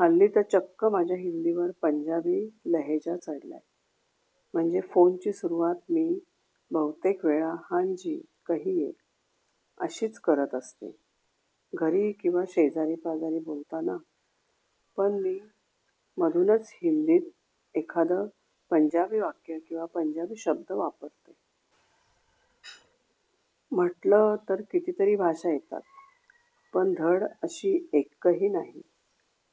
हल्ली तर चक्क माझ्या हिंदीवर पंजाबी लहेजा चढलाय. म्हणजे फोनची सुरवात मी बहुतेकवेळा हांजी कहिये अशीच करत असते. घरी किंवा शेजारी पाजारी बोलताना पण मी मधूनच हिंदीत एखादं पंजाबी वाक्य किंवा पंजाबी शब्द वापरते. म्हटलं तर कितीतरी भाषा येतात, पण धड अशी एकही नाही.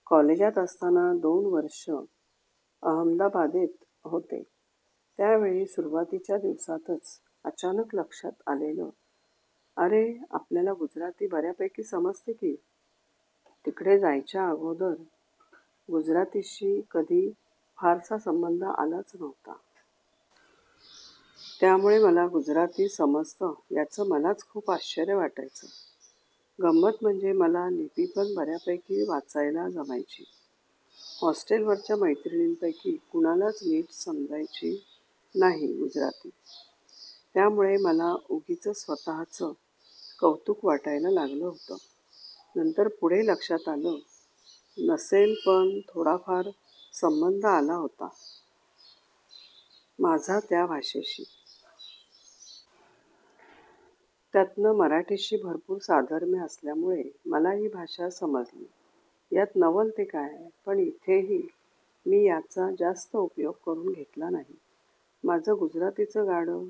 कॉलेजात असताना दोन वर्ष अहमदाबादेत होते, त्यावेळी सुरवातीच्या दिवसातच अचानक लक्षात आलेलं, अरे आपल्याला गुजराती बर्यापैकी समजते की. तिकडे जायच्या अगोदर गुजरातीशी कधी फारसा संबंध आलाच नव्हता. त्यामूळे मला गुजराती समजतं याचं मलाच खुप आश्चर्य वाटायचं. गंमत म्हणजे मला लिपीपण बर्यापै़की वाचायला जमायची. हॉस्टेलवरच्या मैत्रिणींपैकी कुणालाच नीट समजायची नाही गुजराती. त्यामुळे मला उगिचच स्वतःचं कौतुक वाटायला लागलं होतं. नंतर पूढे लक्षात आलं, नसेल पण थोडाफार संबंध आला होता माझा त्या भाषेशी. त्यातनं मराठीशी भरपूर साधर्म्य असल्यामूळे मला ही भाषा समजली यात नवल ते काय. पण इथेही मी याचा जास्त उपयोग करुन घेतला नाही. माझं गुजरातीचं गाडं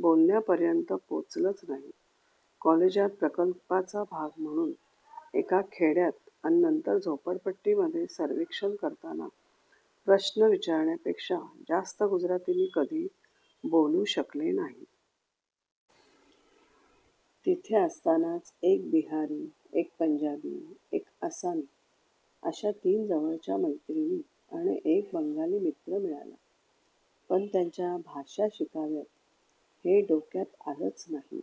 बोलण्यापर्यंत पोचलंच नाही. कॉलेजात प्रकल्पाचा भाग म्हणून एका खेड्यात अन नंतर झोपडपट्टीमध्ये सर्वेक्षण करताना प्रश्ण विचारण्यापेक्षा जास्त गुजराती मी कधी बोलू शकले नाही. तिथे असतानाच एक बिहारी, एक पंजाबी एक आसामी अश्या तिन जवळच्या मैत्रिणी अन एक बंगाली मित्र मिळाला. पण त्यांच्या भाषा शिकाव्यात हे डोक्यात आलंच नाही.